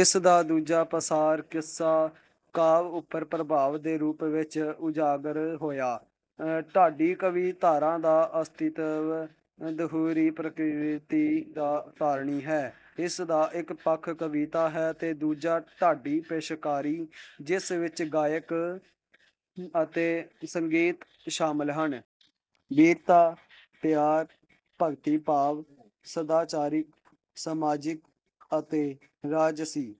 ਇਸ ਦਾ ਦੂਜਾ ਪਸਾਰ ਕਿੱਸਾ-ਕਾਵਿ ਉੱਪਰ ਪ੍ਰਭਾਵ ਦੇ ਰੂਪ ਵਿੱਚ ਉਜਾਗਰ ਹੋਇਆ। ਢਾਡੀ ਕਾਵਿ-ਧਾਰਾ ਦਾ ਅਸਤਿਤਵ ਦੂਹਰੀ ਪ੍ਰਕਿਰਤੀ ਦਾ ਧਾਰਨੀ ਹੈ। ਇਸ ਦਾ ਇੱਕ ਪੱਖ ਕਵਿਤਾ ਹੈ ਤੇ ਦੂਜਾ ਢਾਡੀ ਪੇਸ਼ਕਾਰੀ, ਜਿਸ ਵਿੱਚ ਗਾਇਨ ਅਤੇ ਸੰਗੀਤ ਸ਼ਾਮਲ ਹਨ। ਬੀਰਤਾ, ਪਿਆਰ, ਭਗਤੀ-ਭਾਵ, ਸਦਾਚਾਰਿਕ, ਸਮਾਜਿਕ ਅਤੇ ਰਾਜਸੀ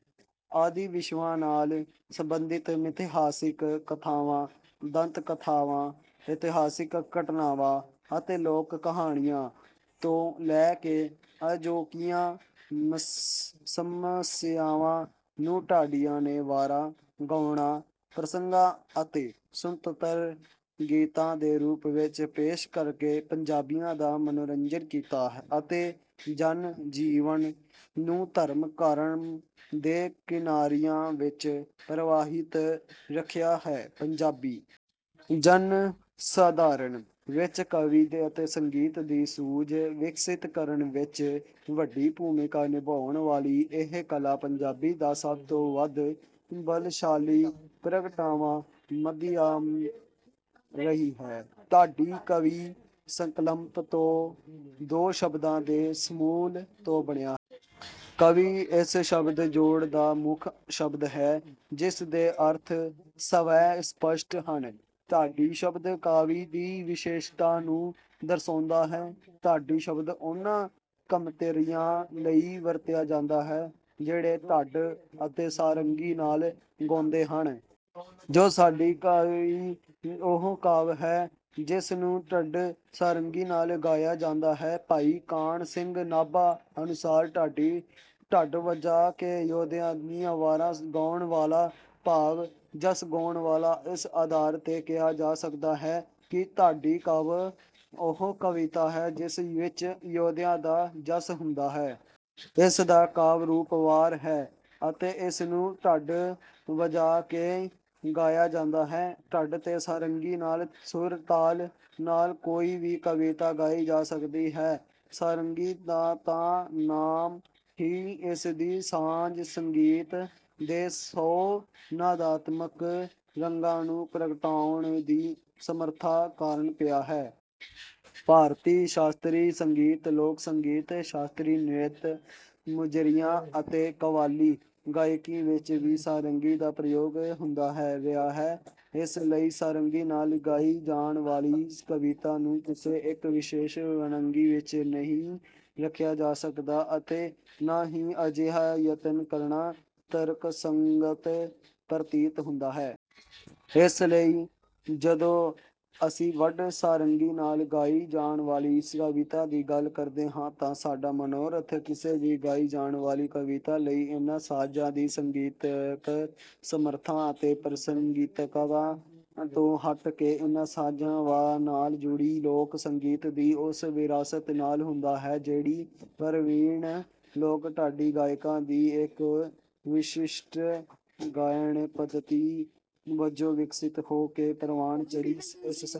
ਆਦਿ ਵਿਸ਼ਿਆਂ ਨਾਲ ਸੰਬੰਧਿਤ ਮਿਥਿਹਾਸਿਕ ਕਥਾਵਾਂ, ਦੰਤ-ਕਥਾਵਾਂ, ਇਤਿਹਾਸਕ ਘਟਨਾਵਾਂ ਅਤੇ ਲੋਕ-ਕਹਾਣੀਆਂ ਤੋਂ ਲੈ ਕੇ ਅਜੋਕੀਆਂ ਸਮੱਸਿਆਵਾਂ ਨੂੰ ਢਾਡੀਆਂ ਨੇ ਵਾਰਾਂ, ਗੌਣਾਂ, ਪ੍ਰਸੰਗਾਂ ਅਤੇ ਸੁਤੰਤਰ ਗੀਤਾਂ ਦੇ ਰੂਪ ਵਿੱਚ ਪੇਸ਼ ਕਰਕੇ ਪੰਜਾਬੀਆਂ ਦਾ ਮਨੋਰੰਜਨ ਕੀਤਾ ਅਤੇ ਜਨ-ਜੀਵਨ ਨੂੰ ਧਰਮ-ਕਰਮ ਦੇ ਕਿਨਾਰਿਆਂ ਵਿੱਚ ਪ੍ਰਵਾਹਿਤ ਰੱਖਿਆ ਹੈ। ਪੰਜਾਬੀ ਜਨ-ਸਧਾਰਨ ਵਿੱਚ ਕਾਵਿ ਅਤੇ ਸੰਗੀਤ ਦੀ ਸੂਝ ਵਿਕਸਿਤ ਕਰਨ ਵਿੱਚ ਵੱਡੀ ਭੂਮਿਕਾ ਨਿਭਾਉਣ ਵਾਲੀ ਇਹ ਕਲਾ ਪੰਜਾਬ ਦਾ ਸਭ ਤੋਂ ਵੱਧ ਬਲਸ਼ਾਲੀ ਪ੍ਰਗਟਾਵਾ-ਮਾਧਿਅਮ ਰਹੀ ਹੈ। ਢਾਡੀ ਕਾਵਿ’ ਸੰਕਲਪ ਦੋ ਸ਼ਬਦਾਂ ਦੇ ਸੁਮੇਲ ਤੋਂ ਬਣਿਆ ਹੈ। ਕਾਵਿ’ ਇਸ ਸ਼ਬਦ-ਜੋੜ ਦਾ ਮੁੱਖ ਸ਼ਬਦ ਹੈ, ਜਿਸ ਦੇ ਅਰਥ ਸਵੈ-ਸਪੱਸ਼ਟ ਹਨ। ਢਾਡੀ ਸ਼ਬਦ ਕਾਵਿ ਦੀ ਵਿਸ਼ੇਸ਼ਤਾ ਨੂੰ ਦਰਸਾਉਂਦਾ ਹੈ। ਢਾਡੀ ਸ਼ਬਦ ਉਨ੍ਹਾਂ ਗਮੰਤਰੀਆਂ ਲਈ ਵਰਤਿਆ ਜਾਂਦਾ ਹੈ, ਜਿਹੜੇ ਢੱਡ ਅਤੇ ਸਾਰੰਗੀ ਨਾਲ ਗਾਉਂਦੇ ਹਨ। ਸੋ, ਢਾਡੀ ਕਾਵਿ ਉਹ ਕਾਵਿ ਹੈ, ਜਿਸ ਨੂੰ ਢੱਡ-ਸਾਰੰਗੀ ਨਾਲ ਗਾਇਆ ਜਾਂਦਾ ਹੈ। ਭਾਈ ਕਾਨ੍ਹ ਸਿੰਘ ਨਾਭਾ ਅਨੁਸਾਰ, ਢਾਢੀ ਢੱਡ ਵਜਾ ਕੇ ਯੋਧਿਆਂ ਦੀਆਂ ਵਾਰਾਂ ਗਾਉਣ ਵਾਲਾ; ਭਾਵ, ਜਸ ਗਾਉਣ ਵਾਲਾ। ਇਸ ਆਧਾਰ ਤੇ ਕਿਹਾ ਜਾ ਸਕਦਾ ਹੈ ਕਿ ਢਾਡੀ ਕਾਵਿ ਉਹ ਕਵਿਤਾ ਹੈ, ਜਿਸ ਵਿੱਚ ਯੋਧਿਆਂ ਦਾ ਜਸ ਹੁੰਦਾ ਹੈ। ਇਸ ਦਾ ਕਾਵਿ-ਰੂਪ ਵਾਰ’ ਹੈ ਅਤੇ ਇਸ ਨੂੰ ਢੱਡ ਵਜਾ ਕੇ ਗਾਇਆ ਜਾਂਦਾ ਹੈ। ਢੱਡ ਤੇ ਸਾਰੰਗੀ ਦੇ ਸੁਰ-ਤਾਲ ਨਾਲ ਕੋਈ ਵੀ ਕਵਿਤਾ ਗਾਈ ਜਾ ਸਕਦੀ ਹੈ। ਸਾਰੰਗੀ ਦਾ ਤਾਂ ਨਾਂ ਹੀ ਇਸ ਦੀ ਸਾਜ਼-ਸੰਗੀਤ ਦੇ ਸੌ ਨਾਦਾਤਮਕ ਰੰਗਾਂ ਨੂੰ ਪ੍ਰਗਟਾਉਣ ਦੀ ਸਮਰੱਥਾ ਕਾਰਨ ਪਿਆ ਹੈ। ਭਾਰਤੀ ਸ਼ਾਸਤਰੀ ਸੰਗੀਤ, ਲੋਕ-ਸੰਗੀਤ, ਸ਼ਾਸਤਰੀ ਨ੍ਰਿਤ, ਮੁਜਰਿਆਂ ਅਤੇ ਕਵਾਲੀ ਗਾਇਕੀ ਵਿੱਚ ਵੀ ਸਾਰੰਗੀ ਦਾ ਪ੍ਰਯੋਗ ਹੁੰਦਾ ਰਿਹਾ ਹੈ। ਇਸ ਲਈ ਸਾਰੰਗੀ ਨਾਲ ਗਾਈ ਜਾਣ ਵਾਲੀ ਕਵਿਤਾ ਨੂੰ ਕਿਸੇ ਇੱਕ ਵਿਸ਼ੇਸ਼ ਵੰਨਗੀ ਵਿੱਚ ਨਹੀਂ ਰੱਖਿਆ ਜਾ ਸਕਦਾ ਅਤੇ ਨਾ ਹੀ ਅਜਿਹਾ ਯਤਨ ਕਰਨਾ ਤਰਕਸੰਗਤ ਪ੍ਰਤੀਤ ਹੁੰਦਾ ਹੈ। ਇਸ ਲਈ, ਜਦੋਂ ਅਸੀਂ ਢੱਡ-ਸਾਰੰਗੀ ਨਾਲ ਗਾਈ ਜਾਣ ਵਾਲੀ ਕਵਿਤਾ ਦੀ ਗੱਲ ਕਰਦੇ ਹਾਂ ਤਾਂ ਸਾਡਾ ਮਨੋਰਥ ਕਿਸੇ ਵੀ ਗਾਈ ਜਾਣ ਵਾਲੀ ਕਵਿਤਾ ਲਈ ਇਨ੍ਹਾਂ ਸਾਜ਼ਾਂ ਦੀ ਸੰਗੀਤਕ ਸਮਰੱਥਾ ਅਤੇ ਪ੍ਰਸੰਗਿਕਤਾ ਤੋਂ ਹਟ ਕੇ ਇਨ੍ਹਾਂ ਸਾਜ਼ਾਂ ਨਾਲ ਜੁੜੀ ਲੋਕ-ਸੰਗੀਤ ਦੀ ਉਸ ਵਿਰਾਸਤ ਨਾਲ ਹੁੰਦਾ ਹੈ, ਜਿਹੜੀ ਪ੍ਰਵੀਣ ਲੋਕ-ਢਾਡੀ ਗਾਇਕਾਂ ਦੀ ਇੱਕ ਵਿਸ਼ਿਸ਼ਟ ਗਾਇਣ-ਪੱਧਤੀ ਵਜੋਂ ਵਿਕਸਿਤ ਹੋ ਕੇ ਪ੍ਰਵਾਨ ਚੜ੍ਹੀ। ਇਸ ਸੰਗੀ